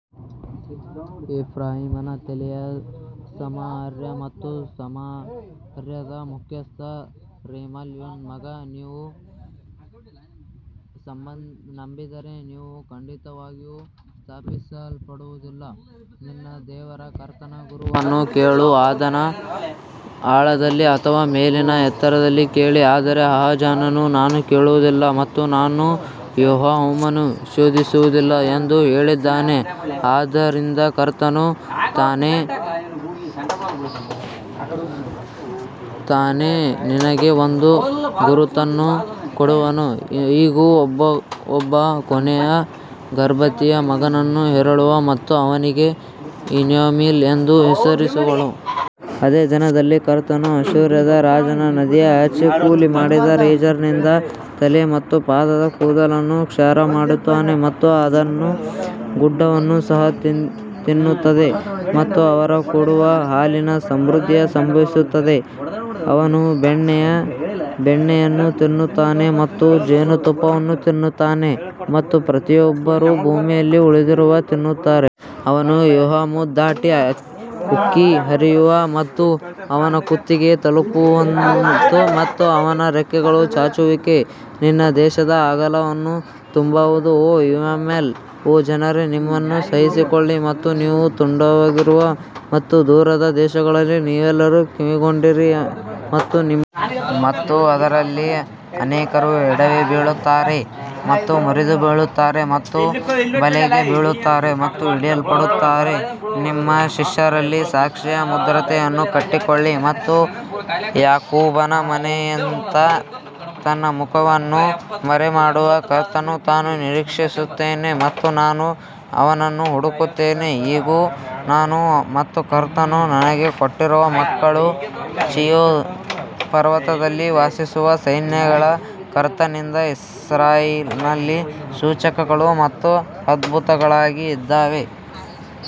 ಎಫ್ರಾಯೀಮನ ತಲೆಯು ಸಮಾರ್ಯ ಮತ್ತು ಸಮಾರ್ಯದ ಮುಖ್ಯಸ್ಥನು ರೆಮಲ್ಯನ ಮಗ, ನೀವು ನಂಬದಿದ್ದರೆ ನೀವು ಖಂಡಿತವಾಗಿಯೂ ಸ್ಥಾಪಿಸಲ್ಪಡುವುದಿಲ್ಲ. ನಿನ್ನ ದೇವರಾದ ಕರ್ತನ ಗುರುತನ್ನು ಕೇಳು, ಅದನ್ನು ಆಳದಲ್ಲಿ ಅಥವಾ ಮೇಲಿನ ಎತ್ತರದಲ್ಲಿ ಕೇಳಿ ಆದರೆ ಆಹಾಜನು ನಾನು ಕೇಳುವುದಿಲ್ಲ ಮತ್ತು ನಾನು ಯೆಹೋವನನ್ನು ಶೋಧಿಸುವುದಿಲ್ಲ ಎಂದು ಹೇಳಿದನು ಆದುದರಿಂದ ಕರ್ತನು ತಾನೇ ನಿನಗೆ ಒಂದು ಗುರುತನ್ನು ಕೊಡುವನು, ಇಗೋ, ಒಬ್ಬ ಕನ್ಯೆಯು ಗರ್ಭಧರಿಸಿ ಮಗನನ್ನು ಹೆರುವಳು ಮತ್ತು ಅವನಿಗೆ ಇಮ್ಯಾನುಯೆಲ್ ಎಂದು ಹೆಸರಿಸುವಳು. ಅದೇ ದಿನದಲ್ಲಿ ಕರ್ತನು ಅಶ್ಶೂರದ ರಾಜನು ನದಿಯ ಆಚೆಗೆ ಕೂಲಿಮಾಡಿದ ರೇಜರ್ನಿಂದ ತಲೆ ಮತ್ತು ಪಾದದ ಕೂದಲನ್ನು ಕ್ಷೌರ ಮಾಡುತ್ತಾನೆ ಮತ್ತು ಅದು ಗಡ್ಡವನ್ನು ಸಹ ತಿನ್ನುತ್ತದೆ. ಮತ್ತು ಅವರು ಕೊಡುವ ಹಾಲಿನ ಸಮೃದ್ಧಿಯು ಸಂಭವಿಸುತ್ತದೆ, ಅವನು ಬೆಣ್ಣೆಗೆ ಬೆಣ್ಣೆಯನ್ನು ತಿನ್ನುತ್ತಾನೆ ಮತ್ತು ಜೇನುತುಪ್ಪವನ್ನು ತಿನ್ನುತ್ತಾನೆ ಮತ್ತು ಪ್ರತಿಯೊಬ್ಬರೂ ಭೂಮಿಯಲ್ಲಿ ಉಳಿದಿರುವದನ್ನು ತಿನ್ನುತ್ತಾರೆ. ಅವನು ಯೆಹೂದವನ್ನು ದಾಟಿ ಉಕ್ಕಿ ಹರಿಯುವನು ಮತ್ತು ಅವನು ಕುತ್ತಿಗೆಯನ್ನು ತಲುಪುವನು ಮತ್ತು ಅವನ ರೆಕ್ಕೆಗಳ ಚಾಚುವಿಕೆಯು ನಿನ್ನ ದೇಶದ ಅಗಲವನ್ನು ತುಂಬುವದು ಓ ಇಮ್ಯಾನುಯೆಲ್ ಓ ಜನರೇ ನಿಮ್ಮನ್ನು ಸಹಿಸಿಕೊಳ್ಳಿ ಮತ್ತು ನೀವು ತುಂಡಾಗುವಿರಿ ಮತ್ತು ದೂರದ ದೇಶಗಳ ನೀವೆಲ್ಲರೂ ಕಿವಿಗೊಡಿರಿ ಮತ್ತು ನಿಮ್ಮ ಮತ್ತು ಅವರಲ್ಲಿ ಅನೇಕರು ಎಡವಿ ಬೀಳುತ್ತಾರೆ ಮತ್ತು ಮುರಿದು ಬೀಳುತ್ತಾರೆ ಮತ್ತು ಬಲೆಗೆ ಬೀಳುತ್ತಾರೆ ಮತ್ತು ಹಿಡಿಯಲ್ಪಡುತ್ತಾರೆ ನನ್ನ ಶಿಷ್ಯರಲ್ಲಿ ಸಾಕ್ಷಿಯ ಮುದ್ರೆಯನ್ನು ಕಟ್ಟಿಕೊಳ್ಳಿ ಮತ್ತು ಯಾಕೋಬನ ಮನೆಯಿಂದ ತನ್ನ ಮುಖವನ್ನು ಮರೆಮಾಡುವ ಕರ್ತನನ್ನು ನಾನು ನಿರೀಕ್ಷಿಸುತ್ತೇನೆ ಮತ್ತು ನಾನು ಅವನನ್ನು ಹುಡುಕುತ್ತೇನೆ. ಇಗೋ, ನಾನು ಮತ್ತು ಕರ್ತನು ನನಗೆ ಕೊಟ್ಟಿರುವ ಮಕ್ಕಳು ಚೀಯೋನ್ ಪರ್ವತದಲ್ಲಿ ವಾಸಿಸುವ ಸೈನ್ಯಗಳ ಕರ್ತನಿಂದ ಇಸ್ರಾಯೇಲಿನಲ್ಲಿ ಸೂಚಕಗಳು ಮತ್ತು ಅದ್ಭುತಗಳಿಗಾಗಿ ಇದ್ದೇವೆ.